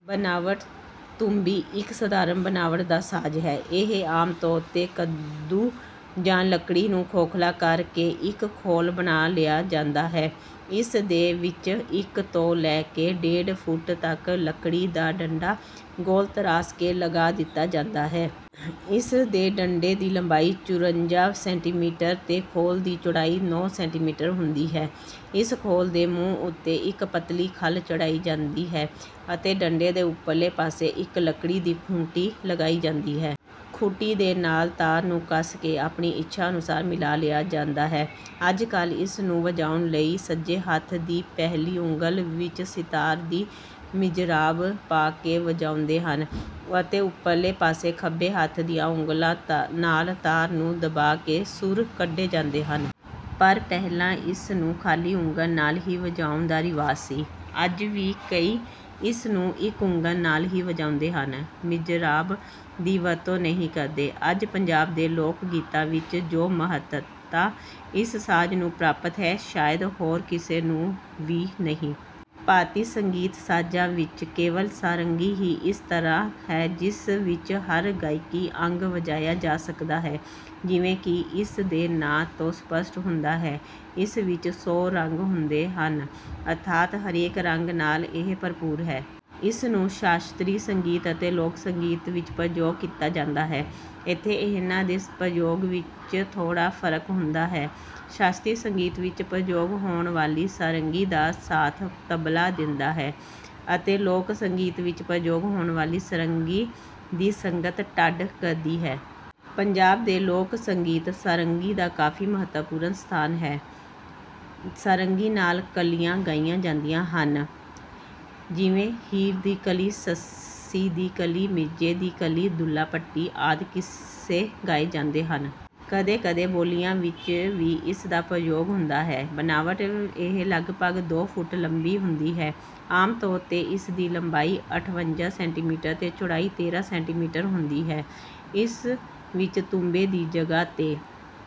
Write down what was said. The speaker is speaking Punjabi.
ਬਣਾਵਟ ਤੂੰਬੀ ਇੱਕ ਸਧਾਰਣ ਬਣਾਵਟ ਦਾ ਸਾਜ਼ ਹੈ। ਇਹ ਆਮ ਤੌਰ ਤੇ ਕੱਦੂ ਯਾਂ ਲਕੜੀ ਨੂੰ ਖੋਖਲਾ ਕਰ ਕੇ ਇੱਕ ਖੋਲ ਬਣਾ ਲਿਆ ਜਾਂਦਾ ਹੈ। ਇਸ ਦੇ ਵਿੱਚ ਇੱਕ ਤੋਂ ਲੈ ਕੇ ਡੇਢ ਫੁੱਟ ਤਕ ਲਕੜੀ ਦਾ ਡੰਡਾ ਗੋਲ ਤਰਾਸ਼ ਕੇ ਲਗਾ ਦਿੱਤਾ ਜਾਂਦਾ ਹੈ। ਇਸ ਦੇ ਡੰਡੇ ਦੀ ਲੰਬਾਈ ਚੁਰੰਜਾ ਸੈਂਟੀਮੀਟਰ ਤੇ ਖੋਲ ਦੀ ਚੌੜਾਈ ਨੌ ਸੈਂਟੀਮੀਟਰ ਹੁੰਦੀ ਹੈ। ਇਸ ਖੋਲ ਦੇ ਮੂੰਹ ਉੱਤੇ ਇੱਕ ਪਤਲੀ ਖੱਲ ਚੜਾਈ ਜਾਂਦੀ ਹੈ ਅਤੇ ਡੰਡੇ ਦੇ ਉੱਪਰਲੇ ਪਾਸੇ ਇੱਕ ਲੱਕੜੀ ਦੀ ਖੂੰਟੀ ਲਗਾਈ ਜਾਂਦੀ ਹੈ। ਖੂੰਟੀ ਦੇ ਨਾਲ ਤਾਰ ਨੂੰ ਕੱਸ ਕੇ ਆਪਣੀ ਇੱਛਾ ਅਨੁਸਾਰ ਮਿਲਾ ਲਿਆ ਜਾਂਦਾ ਹੈ। ਅੱਜ ਕਲ੍ਹ ਇਸ ਨੂੰ ਵਜਾਉਣ ਲਈ ਸੱਜੇ ਹੱਥ ਦੀ ਪਹਿਲੀ ਉਂਗਲ ਵਿੱਚ ਸਿਤਾਰ ਦੀ ਮਿਜਰਾਬ ਪਾ ਕੇ ਵਜਾਉਂਦੇ ਹਨ ਅਤੇ ਉੱਪਰਲੇ ਪਾਸੇ ਖੱਬੇ ਹੱਥ ਦੀਆਂ ਉਂਗਲਾਂ ਨਾਲ ਤਾਰ ਨੂੰ ਦਬਾ ਕੇ ਸੁਰ ਕੱਢੇ ਜਾਂਦੇ ਹਨ। ਪਰ ਪਹਿਲਾ ਇਸ ਨੂੰ ਖ਼ਾਲੀ ਉਂਗਲ ਨਾਲ ਹੀ ਵਜਾਉਣ ਦਾ ਰਿਵਾਜ ਸੀ। ਅੱਜ ਵੀ ਕਈ ਇਸ ਨੂੰ ਇੱਕ ਉਂਗਲ ਨਾਲ ਹੀ ਵਜਾਉਂਦੇ ਹਨ, ਮਿਜਰਾਬ ਦੀ ਵਰਤੋਂ ਨਹੀਂ ਕਰਦੇ। ਅੱਜ ਪੰਜਾਬ ਦੇ ਲੋਕ ਗੀਤਾਂ ਵਿੱਚ ਜੋ ਮਹੱਤਤਾ ਇਸ ਸਾਜ਼ ਨੂੰ ਪ੍ਰਾਪਤ ਹੈ ਸ਼ਾਇਦ ਹੋਰ ਕਿਸੇ ਨੂੰ ਵੀ ਨਹੀ। ਭਾਰਤੀ ਸੰਗੀਤ ਸਾਜ਼ਾਂ ਵਿੱਚ ਕੇਵਲ ਸਾਰੰਗੀ ਹੀ ਇਸ ਤਰ੍ਹਾਂ ਹੈ ਜਿਸ ਵਿੱਚ ਹਰ ਗਾਇਕੀ ਅੰਗ ਵਜਾਇਆ ਜਾ ਸਕਦਾ ਹੈ। ਜਿਵੇਂ ਕਿ ਇਸ ਦੇ ਨਾਂ ਤੋਂ ਸਪੱਸ਼ਟ ਹੁੰਦਾ ਹੈ ਇਸ ਵਿੱਚ ਸੌ ਰੰਗ ਹੁਦੇ ਹਨ ਅਰਥਾਤ ਹਰੇਕ ਰੰਗ ਨਾਲ ਇਹ ਭਰਪੂਰ ਹੈ। ਇਸ ਨੂੰ ਸ਼ਾਸਤਰੀ ਸੰਗੀਤ ਅਤੇ ਲੋਕ ਸੰਗੀਤ ਵਿੱਚ ਪ੍ਰਯੋਗ ਕੀਤਾ ਜਾਂਦਾ ਹੈ। ਇੱਥੇ ਇਹਨਾਂ ਦੇ ਪ੍ਰਯੋਗ ਵਿੱਚ ਥੋੜਾ ਫ਼ਰਕ ਹੁੰਦਾ ਹੈ। ਸ਼ਾਸਤਰੀ ਸੰਗੀਤ ਵਿੱਚ ਪ੍ਰਯੋਗ ਹੋਣ ਵਾਲੀ ਸਾਰੰਗੀ ਦਾ ਸਾਥ ਤਬਲਾ ਦਿੰਦਾ ਹੈ ਅਤੇ ਲੋਕ ਸੰਗੀਤ ਵਿੱਚ ਪ੍ਰਯੋਗ ਹੋਣ ਵਾਲੀ ਸਾਰੰਗੀ ਦੀ ਸੰਗਤ ਢੱਡ ਕਰਦੀ ਹੈ। ਪੰਜਾਬ ਦੇ ਲੋਕ ਸੰਗੀਤ ਸਾਰੰਗੀ ਦਾ ਕਾਫ਼ੀ ਮਹੱਤਵਪੂਰਣ ਸਥਾਨ ਹੈ। ਸਾਰੰਗੀ ਨਾਲ ਕਲੀਆਂ ਗਾਈਆਂ ਜਾਦੀਆਂ ਹਨ| ਜਿਵੇਂ ਹੀਰ ਦੀ ਕਲੀ, ਸੱਸੀ ਦੀ ਕਲੀ, ਮਿਰਜ਼ੇ ਦੀ ਕਲੀ, ਦੁੱਲਾ ਭੱਟੀ ਆਦਿ ਕਿਸੇ ਗਾਏ ਜਾਂਦੇ ਹਨ। ਕਦੇ-ਕਦੇ ਬੋਲੀਆਂ ਵਿੱਚ ਵੀ ਇਸ ਦਾ ਪ੍ਰਯੋਗ ਹੁੰਦਾ ਹੈ। ਬਣਾਵਟ ਇਹ ਲੱਗਪਗ ਦੋ ਫੁੱਟ ਲੰਬੀ ਹੁੰਦੀ ਹੈ। ਆਮ ਤੌਰ ਤੇ ਇਸ ਦੀ ਲੰਬਾਈ ਅਠਵੰਜਾ ਸੈਂਟੀਮੀਟਰ ਤੇ ਚੌੜਾਈ ਤੇਰਾਂ ਸੈਂਟੀਮੀਟਰ ਹੁੰਦੀ ਹੈ। ਇਸ ਵਿੱਚ ਤੂੰਬੇ ਦੀ ਜਗ੍ਹਾ ਤੇ